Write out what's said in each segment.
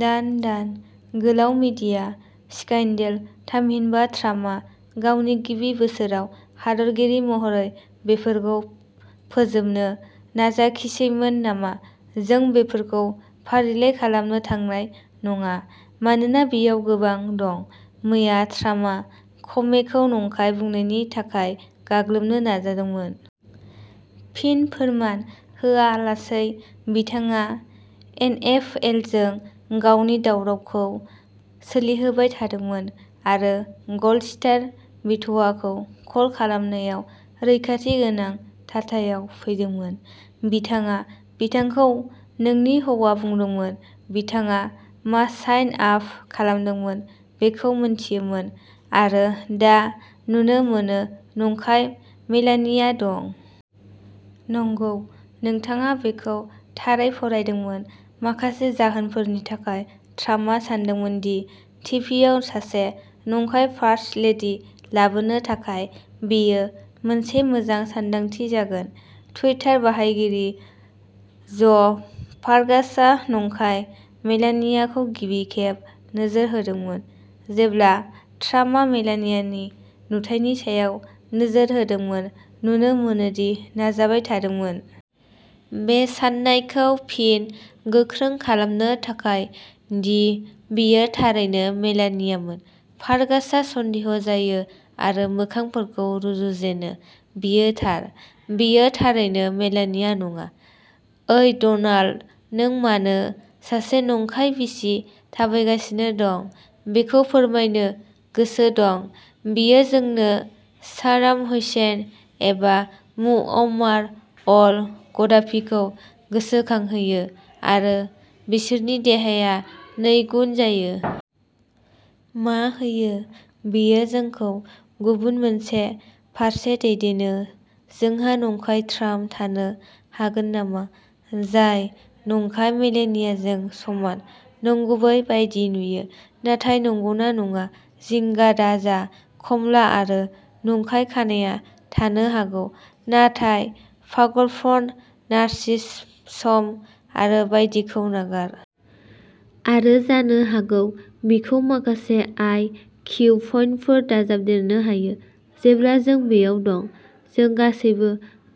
दान-दान गोलाव media scandal. थामहिनबा, ट्राम्पआ गावनि गिबि बोसोराव हादरगिरि महरै बेफोरखौ फोजोबनो नाजाखिसैमोन नामा। जों बेफोरखौ फारिलाइ खालामनो थांनाय नङा, मानोना बेयाव गोबां दं। मैया ट्राम्पआ कमेखौ नंखाय बुंनायनि थाखाय गाग्लोबनो नाजादोंमोन। फिन, फोरमान होआलासै। बिथाङा एनएफएलजों गावनि दावरावखौ सोलिहोबाय थादोंमोन आरो गल्ड स्टार बिधवाखौ कल खालामनायाव रैखाथि गोनां थाथायाव फैदोंमोन। बिथाङा बिथांखौ नोंनि हौवा बुंदोंमोन बिथाङा मा साइन आप खालामदोंमोन बेखौ मोनथियोमोन। आरो दा, नुनो मोनो, नंखाय मेलानिया दं। नंगौ, नोंथाङा बेखौ थारै फरायदोंमोन। माखासे जाहोनफोरनि थाखाय, ट्राम्पआ सानदोंमोन दि टिभिआव सासे नंखाय फार्स्ट लेडि लाबोनो थाखाय बेयो मोनसे मोजां सानदांथि जागोन। टुइटार बाहायगिरि ज'भार्गासआ नंखाय मेलानियाखौ गिबि खेब नोजोर होदोंमोन जेब्ला ट्राम्पआ मेलानियानि नुथायनि सायाव नोजोर होदोंमोन, नुनो मोनो दि नाजाबाय थादोंमोन। बे साननायखौ फिन गोख्रों खालामनो थाखाय दि बेयो थारैनो मेलानियामोन। भार्गासआ सन्देह' जायो आरो मोखांफोरखौ रुजुजेनो। बियो थार। बेयो थारैनो मेलानिया नङा। ओइ, डनाल्ड, नों मानो सासे नंखाय बिसि थाबायगासिनो दं बेखौ फोरमायनो गोसो दं, बेयो जोंनो साद्दाम हुसैन एबा मुअम्मार अल-गद्दाफीखौ गोसोखांहोयो आरो बिसोरनि देहाया नैगुन जायो। मा होयो, बेयो जोंखौ गुबुन मोनसे फारसे दैदेनो जोंहा नंखाय ट्राम्प थानो हागोन नामा? जाय नंखाय मेलानियाजों समान, नंगुबै बायदि नुयो, नाथाय नंगौना नङा? जिंगा दाजा, कमला आरो नंखाय खानाया थानो हागौ, नाथाय पागलपन, नारसिसम आरो बायदिखौ नागार। आरो जानो हागौ बिखौ माखासे आइ किउ पइन्टफोर दाजाबदेरनो हायो, जेब्ला जों बेयाव दं। जों गासैबो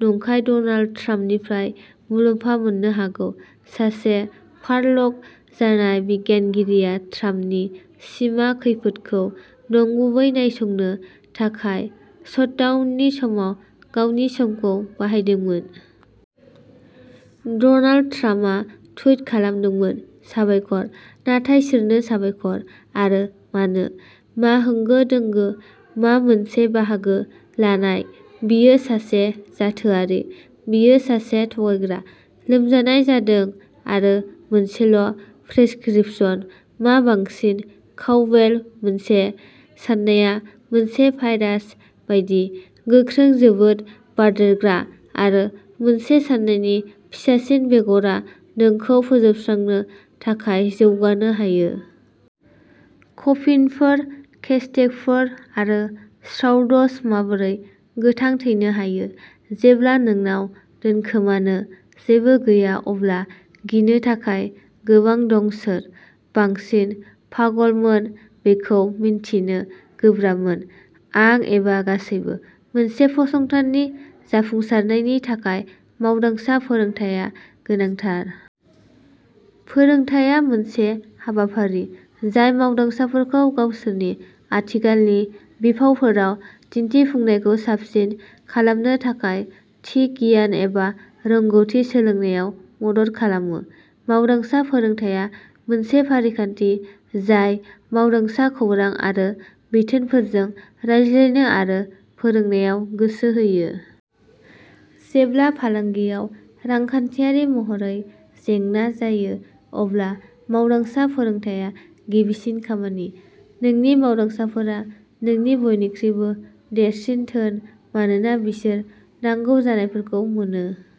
नंखाय डनाल्ड ट्राम्पनिफ्राय मुलाम्फा मोननो हागौ। सासे फार्ल'ग जानाय बिगियानगिरिया ट्राम्पनि सिमा खैफोद खौ नंगुबै नायसंनो थाखाय शटडाउननि समाव गावनि समखौ बाहायदोंमोन। डनाल्ड ट्राम्पआ टुइट खालामदोंमोन साबायखर। नाथाय सोरनो साबायखर? आरो मानो? मा होंगो दोंगो, मा मोनसे बाहागो लानाय बियो सासे जाथोआरि। बियो सासे थगायग्रा। लोमजानाय जादों आरो मोनसेल' प्रेसक्रिप्शन। मा बांसिन काउबेल मोनसे साननाया मोनसे भाइरास बायदि, गोख्रों, जोबोद बारदेरग्रा आरो मोनसे साननायनि फिसासिन बेगरआ नोंखौ फोजोबस्रांनो थाखाय जौगानो हायो। कफिनफोर, केस्केटफोर आरो श्राउडस माबोरै' गोथां थैनो हायो। जेब्ला नोंनाव दोनखोमानो जेबो गैया अब्ला गिनो थाखाय गोबां दं सोर बांसिन पागलमोन बेखौ मिन्थिनो गोब्राबमोन आं एबा गासैबो। मोनसे फसंथाननि जाफुंसारनायनि थाखाय मावदांसा फोरोंथाया गोनांथार। फोरोंथाया मोनसे हाबाफारि जाय मावदांसाफोरखौ गावसोरनि आथिखालनि बिफावफोराव दिन्थिफुंनायखौ साबसिन खालामनो थाखाय थि गियान एबा रोंग'थि सोलोंनायाव मदद खालामो। मावदांसा फोरोंथाया मोनसे फारिखान्थि जाय मावदांसा खौरां आरो बिथोनफोरजों रायज्लायनो आरो फोरोंनायाव गोसो होयो। जेब्ला फालांगियाव रांखान्थियारि महरै जेंना जायो, अब्ला मावदांसा फोरोंथाया गिबिसिन खामानि। नोंनि मावदांसाफोरा नोंनि बयनिख्रुइबो देरसिन धोन मानोना बिसोर नांगौ जानायफोरखौ मोनो।